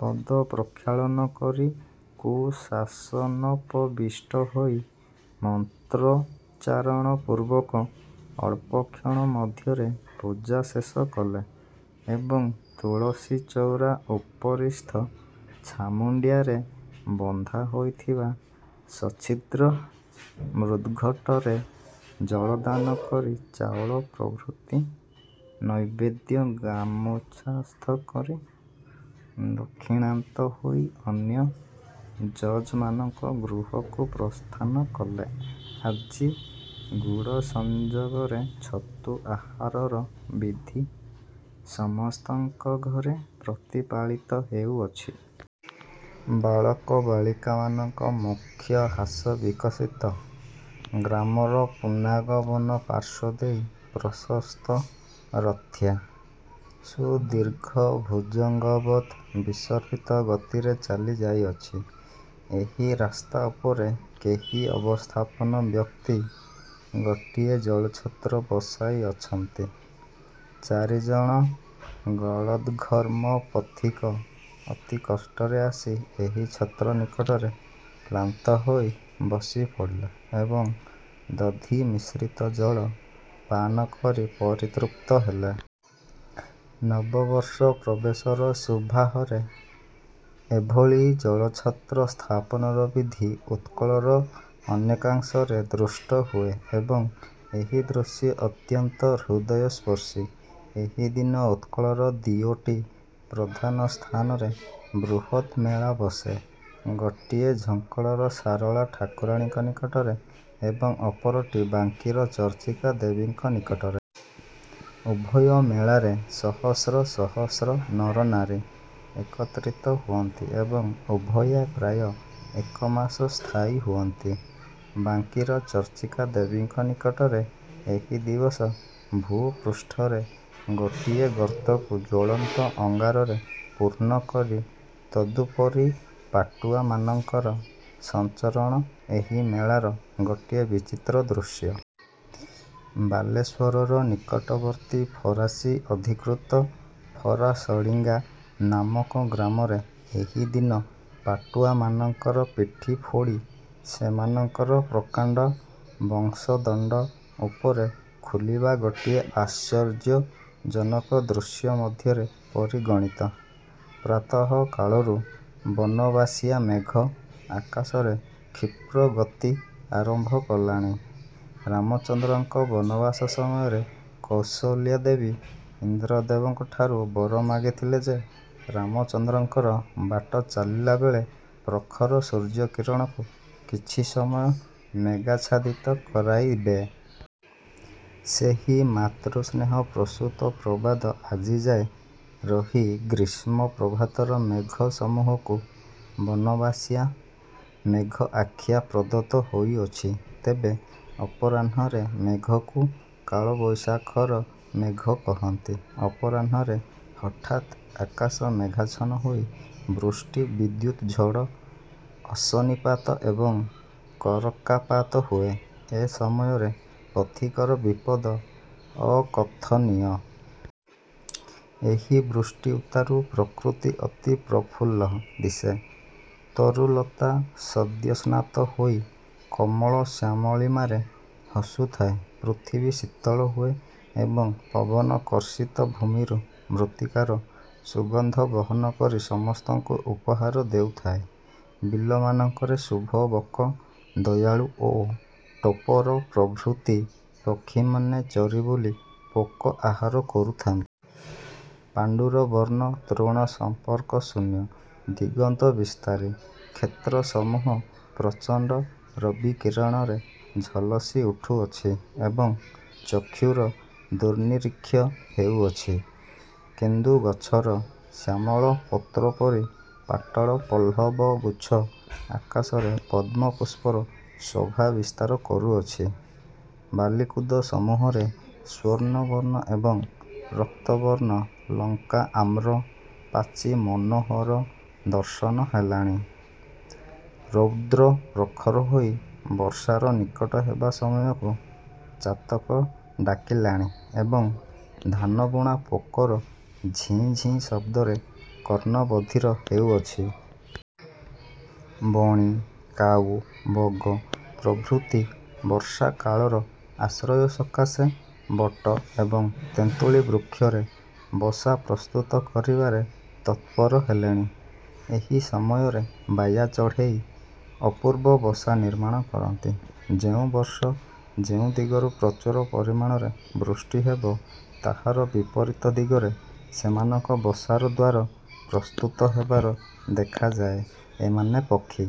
ପଦପ୍ରକ୍ଷାଳନ କରି କୁଶାସନୋପବିଷ୍ଟ ହୋଇ ମନ୍ତ୍ରୋଚ୍ଚାରଣପୂର୍ବକ ଅଳ୍ପକ୍ଷଣ ମଧ୍ୟରେ ପୂଜା ଶେଷ କଲେ ଏବଂ ତୁଳସୀଚଉରା ଉପରିସ୍ଥ ଛାମୁଣ୍ଡିଆରେ ବନ୍ଧା ହୋଇଥିବା ସଚ୍ଛିଦ୍ର ମୃଦ୍ଘଟରେ ଜଳଦାନ କରି ଚାଉଳ ପ୍ରଭୃତି ନୈବେଦ୍ୟ ଗାମୁଛାସ୍ଥ କରି ଦକ୍ଷିଣାନ୍ତ ହୋଇ ଅନ୍ୟ ଯଜମାନଙ୍କ ଗୃହକୁ ପ୍ରସ୍ଥାନ କଲେ। ଆଜି ଗୁଡ଼ସଂଯୋଗରେ ଛତୁ ଆହାରର ବିଧି ସମସ୍ତଙ୍କ ଘରେ ପ୍ରତିପାଳିତ ହେଉଅଛି। ବାଳକ ବାଳିକାମାନଙ୍କ ମୁଖ ହାସ୍ୟବିକଶିତ। ଗ୍ରାମର ପୁନ୍ନାଗ ବନ ପାର୍ଶ୍ୱ ଦେଇ ପ୍ରଶସ୍ତ ରଥ୍ୟା ସୁଦୀର୍ଘଭୁଜଙ୍ଗବତ୍ ବିସର୍ପିତ ଗତିରେ ଚାଲି ଯାଇଅଛି। ଏହି ରାସ୍ତା ଉପରେ କେହି ଅବସ୍ଥାପନ୍ନ ବ୍ୟକ୍ତି ଗୋଟିଏ ଜଳଛତ୍ର ବସାଇଅଛନ୍ତି। ୪ ଜଣ ଗଳଦ୍ଘର୍ମ ପଥିକ ଅତିକଷ୍ଟରେ ଆସି ଏହି ଛତ୍ର ନିକଟରେ କ୍ଳାନ୍ତ ହୋଇ ବସି ପଡ଼ିଲେ ଏବଂ ଦଧିମିଶ୍ରିତ ଜଳ ପାନ କରି ପରିତୃପ୍ତ ହେଲେ। ନବ-ବର୍ଷ ପ୍ରବେଶର ଶୁଭାହରେ ଏଭଳି ଜଳଛତ୍ର ସ୍ଥାପନର ବିଧି ଉତ୍କଳର ଅନେକାଂଶରେ ଦୃଷ୍ଟ ହୁଏ ଏବଂ ଏହି ଦୃଶ୍ୟ ଅତ୍ୟନ୍ତ ହୃଦୟସ୍ପର୍ଶୀ-। ଏହି ଦିନ ଉତ୍କଳର ଦିଓଟି ପ୍ରଧାନ ସ୍ଥାନରେ ବୃହତ୍ ମେଳା ବସେ। ଗୋଟିଏ ଝଙ୍କଡ଼ର ଶାରଳା ଠାକୁରାଣୀଙ୍କ ନିକଟରେ ଏବଂ ଅପରଟି ବାଙ୍କିର ଚର୍ଚ୍ଚିକା ଦେବୀଙ୍କ ନିକଟରେ। ଉଭୟ ମେଳାରେ ସହସ୍ର ସହସ୍ର ନରନାରୀ ଏକତ୍ରିତ ହୁଅନ୍ତି ଏବଂ ଉଭୟେ ପ୍ରାୟ ଏକ ମାସ ସ୍ଥାୟୀ ହୁଅନ୍ତି-। ବାଙ୍କିର ଚର୍ଚ୍ଚିକା ଦେବୀଙ୍କ ନିକଟରେ ଏହି ଦିବସ ଭୂପୃଷ୍ଠରେ ଗୋଟିଏ ଗର୍ତ୍ତକୁ ଜ୍ୱଳନ୍ତ ଅଙ୍ଗାରରେ ପୂର୍ଣ୍ଣ କରି ତଦୁପରି 'ପାଟୁଆ'-ମାନଙ୍କର ସଞ୍ଚରଣ ଏହି ମେଳାର ଗୋଟିଏ ବିଚିତ୍ର ଦୃଶ୍ୟ-। ବାଲେଶ୍ୱରର ନିକଟବର୍ତ୍ତୀ ଫରାସୀ ଅଧିକୃତ ''ଫରାସଡ଼ିଙ୍ଗା'' ନାମକ ଗ୍ରାମରେ ଏହି ଦିନ 'ପାଟୁଆ' ମାନଙ୍କର ପିଠି ଫୋଡ଼ି ସେମାନଙ୍କର ପ୍ରକାଣ୍ଡ ବଂଶଦଣ୍ଡ ଉପରେ ଖୁଲିବା ଗୋଟିଏ ଆଶ୍ଚର୍ଯ୍ୟଜନକ ଦୃଶ୍ୟ ମଧ୍ୟରେ ପରିଗଣିତ। ପ୍ରାତଃକାଳରୁ ''ବନବାସିଆ ମେଘ'' ଆକାଶରେ କ୍ଷିପ୍ରଗତି ଆରମ୍ଭ କଲାଣି। ରାମଚନ୍ଦ୍ରଙ୍କ ବନବାସ ସମୟରେ କୌଶଲ୍ୟା ଦେବୀ ଇନ୍ଦ୍ରଦେବଙ୍କଠାରୁ ବର ମାଗିଥିଲେ ଯେ ରାମଚନ୍ଦ୍ରଙ୍କର ବାଟ ଚାଲିଲାବେଳେ ପ୍ରଖର ସୂର୍ଯ୍ୟକିରଣକୁ କିଛି ସମୟ ମେଘାଚ୍ଛାଦିତ କରାଇବେ। ସେହି ମାତୃସ୍ନେହପ୍ରସୂତ ପ୍ରବାଦ ଆଜିଯାଏ ରହି ଗ୍ରୀଷ୍ମ ପ୍ରଭାତର ମେଘସମୂହକୁ ''ବନବାସିଆ-ମେଘ'' ଆଖ୍ୟା ପ୍ରଦତ୍ତ ହୋଇଅଛି। ତେବେ ଅପରାହ୍ନରେ ମେଘକୁ "କାଳ ବୈଶାଖ"ର ମେଘ କହନ୍ତି। ଅପରାହ୍ଣରେ ହଠାତ୍ ଆକାଶ ମେଘାଚ୍ଛନ୍ନ ହୋଇ ବୃଷ୍ଟି, ବିଦ୍ୟୁତ୍, ଝଡ଼, ଅଶନିପାତ ଏବଂ କରକାପାତ ହୁଏ। ଏ ସମୟରେ ପଥିକର ବିପଦ ଅକଥନୀୟ। ଏହି ବୃଷ୍ଟି ଉତ୍ତାରୁ ପ୍ରକୃତି ଅତି ପ୍ରଫୁଲ୍ଲ ଦିଶେ। ତରୁ ଲତା ସଦ୍ୟସ୍ନାତ ହୋଇ କୋମଳ ଶ୍ୟାମଳିମାରେ ହସୁଥାଏ। ପୃଥିବୀ ଶୀତଳ ହୁଏ ଏବଂ ପବନ କର୍ଷିତ ଭୂମିରୁ ମୃତ୍ତିକାର ସୁଗନ୍ଧ ବହନ କରି ସମସ୍ତଙ୍କୁ ଉପହାର ଦେଉଥାଏ। ବିଲମାନଙ୍କରେ ଶୁଭ ବକ, ଦୟାଳୁ ଓ ଟୋପର ପ୍ରଭୃତି ପକ୍ଷିମାନେ ଚରି ବୁଲି ପୋକ ଆହାର କରୁଥାନ୍ତି। ପାଣ୍ଡୁରବର୍ଣ୍ଣ ତୃଣସମ୍ପର୍କଶୂନ୍ୟ ଦିଗନ୍ତବିସ୍ତାରୀ କ୍ଷେତ୍ରସମୂହ ପ୍ରଚଣ୍ଡ ରବିକିରଣରେ ଝଲସି ଉଠୁଅଛି ଏବଂ ଚକ୍ଷୁର ଦୁର୍ନିରୀକ୍ଷ ହେଉଅଛି। କେନ୍ଦୁ ଗଛର ଶ୍ୟାମଳ ପତ୍ରୋପରି ପାଟଳ ପଲ୍ଲବଗୁଚ୍ଛ ଆକାଶରେ ପଦ୍ମ ପୁଷ୍ପର ଶୋଭା ବିସ୍ତାର କରୁଅଛି। ବାଲିକୁଦସମୂହରେ ସ୍ୱର୍ଣ୍ଣବର୍ଣ୍ଣ ଏବଂ ରକ୍ତବର୍ଣ୍ଣ ଲଙ୍କା-ଆମ୍ର ପାଚି ମନୋହର-ଦର୍ଶନ ହେଲାଣି। ରୌଦ୍ର ପ୍ରଖର ହୋଇ ବର୍ଷାର ନିକଟ ହେବା ସମୟକୁ ଚାତକ ଡାକିଲାଣି ଏବଂ ଧାନବୁଣା ପୋକର ଝିଁ ଝିଁ ଶବ୍ଦରେ କର୍ଣ୍ଣ ବଧିର ହେଉଅଛି। ବଣି, କାଉ, ବଗ ପ୍ରଭୃତି ବର୍ଷାକାଳର ଆଶ୍ରୟ ସକାଶେ ବଟ ଏବଂ ତେନ୍ତୁଳି ବୃକ୍ଷରେ ବସା ପ୍ରସ୍ତୁତ କରିବାରେ ତତ୍ପର ହେଲେଣି। ଏହି ସମୟରେ ବାୟା ଚଢ଼େଇ ଅପୂର୍ବ ବସା ନିର୍ମାଣ କରନ୍ତି। ଯେଉଁ ବର୍ଷ ଯେଉଁ ଦିଗରୁ ପ୍ରଚୁର ପରିମାଣରେ ବୃଷ୍ଟି ହେବ, ତାହାର ବିପରୀତ ଦିଗରେ ସେମାନଙ୍କ ବସାର ଦ୍ୱାର ପ୍ରସ୍ତୁତ ହେବାର ଦେଖାଯାଏ। ଏମାନେ ପକ୍ଷୀ